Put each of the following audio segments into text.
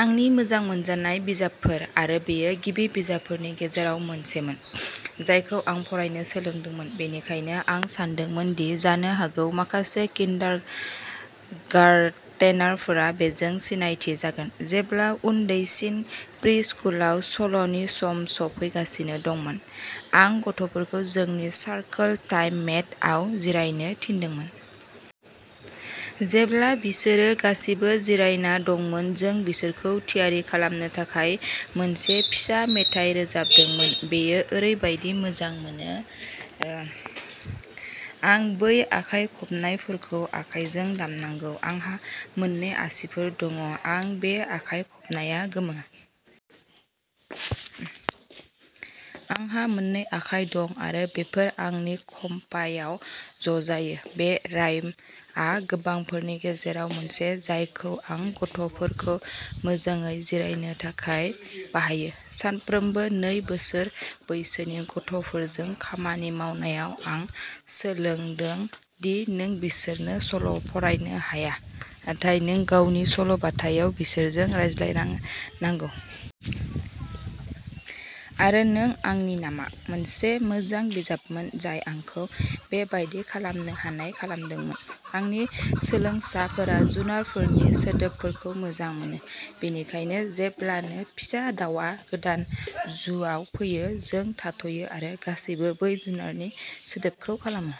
आंनि मोजां मोनजानाय बिजाबफोर, आरो बेयो गिबि बिजाबफोरनि गेजेराव मोनसेमोन जायखौ आं फरायनो सोलोंदोंमोन; बेनिखायनो आं सानदोंमोन दि जानो हागौ माखासे किन्डारगारटेनारफोरा बेजों सिनायथि जागोन। जेब्ला उन्दैसिन प्रि-स्कुलाव सल'नि सम सफैगासिनो दंमोन, आं गथ'फोरखौ जोंनि "सार्कल टाइम मेट" आव जिरायनो थिनदोंमोन। जेब्ला बिसोरो गासिबो जिरायना दंमोन, जों बिसोरखौ थियारि खालामनो थाखाय मोनसे फिसा मेथाइ रोजाबदोंमोन। बेयो ओरैबायदि मोजां मोनो "आं बै आखाइ खबनायफोरखौ आखाइजों दामनांगौ। आंहा मोननै आसिफोर दं। आं बे आखाइ खबनाया गोमो । आंहा मोननै आखाइ दं आरो बेफोर आंनि खप्पायाव ज'जायो!" बे रायम आ गोबांफोरनि गेजेराव मोनसे जायखौ आं गथ'फोरखौ मोजाङै जिरायनो थाखाय बाहायो। सानफ्रोमबो नै बोसोर बैसोनि गथ'फोरजों खामानि मावनायाव, आं सोलोंदों दि नों बिसोरनो सल'फरायनो हाया, नाथाय नों गावनि सल'बाथायाव बिसोरजों रायज्लायनो नांगौ। आरो "नों आंनि नामा?" मोनसे मोजां बिजाबमोन जाय आंखौ बेबादि खालामनो हानाय खालामदोंमोन। आंनि सोलोंसाफोरा जुनारफोरनि सोदोबफोरखौ मोजां मोनो, बेनिखायनो जेब्लानो फिसा दाउआ गोदान जुआव फैयो, जों थाथ'यो आरो गासैबो बै जुनारनि सोदोबखौ खालामो।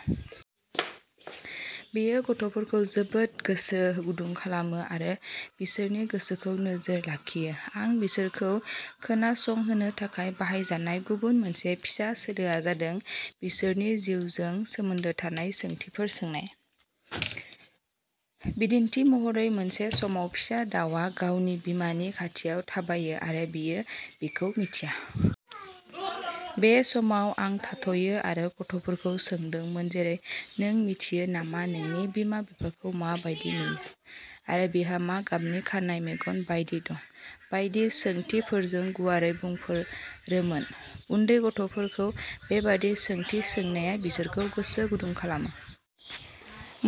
बेयो गथ'फोरखौ जोबोद गोसो गुदुं खालामो आरो बिसोरनि गोसोखौ नोजोर लाखियो। आं बिसोरखौ खोनासंहोनो थाखाय बाहायजानाय गुबुन मोनसे फिसा सोलोआ जादों बिसोरनि जिउजों सोमोन्दो थानाय सोंथिफोर सोंनाय। बिदिन्थि महरै, मोनसे समाव फिसा दाउआ गावनि बिमानि खाथियाव थाबायो आरो बियो बिखौ मिथिया। बे समाव, आं थाथ'यो आरो गथ'फोरखौ सोंदोंमोन जेरै "नों मिथियो नामा नोंनि बिमा बिफाखौ मा बायदि नुयो? आरो बिहा मा गाबनि खानाय, मेगन बायदि दं?" बायदि सोंथिफोरजों गुवारै बुंफोरोमोन। उन्दै गथ'फोरखौ बेबादि सोंथि सोंनाया बिसोरखौ गोसो गुदुं खालामो।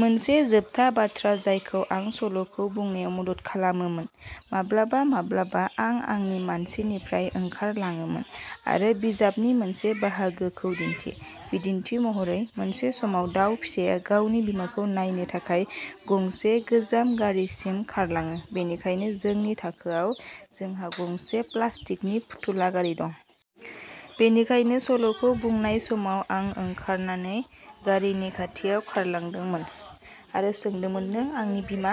मोनसे जोबथा बाथ्रा जायखौ आं सल'खौ बुंनायाव मदद खालामोमोन, माब्लाबा-माब्लाबा, आं आंनि मासिनिफ्राय ओंखारलाङोमोन, आरो बिजाबनि मोनसे बाहागोखौ दिन्थि। बिदिन्थि महरै, मोनसे समाव दाउ फिसाया गावनि बिमाखौ नायनो थाखाय गंसे गोजाम गारिसिम खारलाङो; बेनिखायनो जोंनि थाखोआव, जोंहा गंसे प्लास्टिकनि फुथुला गारि दं। बेनिखायनो सल'खौ बुंनाय समाव, आं ओंखारनानै गारिनि खाथियाव खारलांदोंमोन, आरो सोंदोंमोन "नों आंनि बिमा?"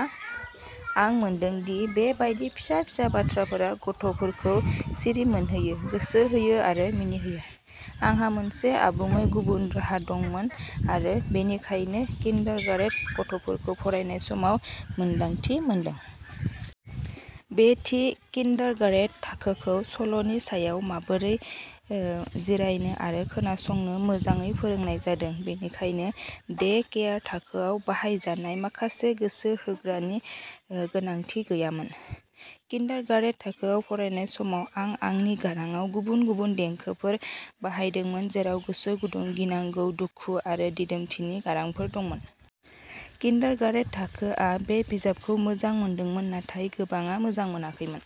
आं मोनदों दि बे बायदि फिसा-फिसा बाथ्राफोरा गथ'फोरखौ सिरिमोनहोयो, गोसो होयो आरो मिनिहोयो। आंहा मोनसे आबुङै गुबुन राहा दंमोन, आरो बेनिखायनो किन्डारगारटेन गथ'फोरखौ फरायनाय समाव मोन्दांथि मोनदों। बे थि किन्डारगारटेन थाखोखौ सल'नि समाव माबोरै ओ जिरायनो आरो खोनासंनो मोजाङै फोरोंनाय जादों, बेनिखायनो डे केयार थाखोआव बाहायजानाय माखासे गोसो होग्रानि गोनांथि गैयामोन। किन्डारगारटेन थाखोयाव फरायनाय समाव, आं आंनि गारांआव गुबुन-गुबुन देंखोफोर बाहायदोंमोन, जेराव गोसो गुदुं, गिनांगौ, दुखु आरो दिदोमथिनि गारांफोर दंमोन। किन्डारगारटेन थाखोआ बे बिजाबखौ मोजां मोनदोंमोन, नाथाय गोबांआ मोजां मोनाखैमोन।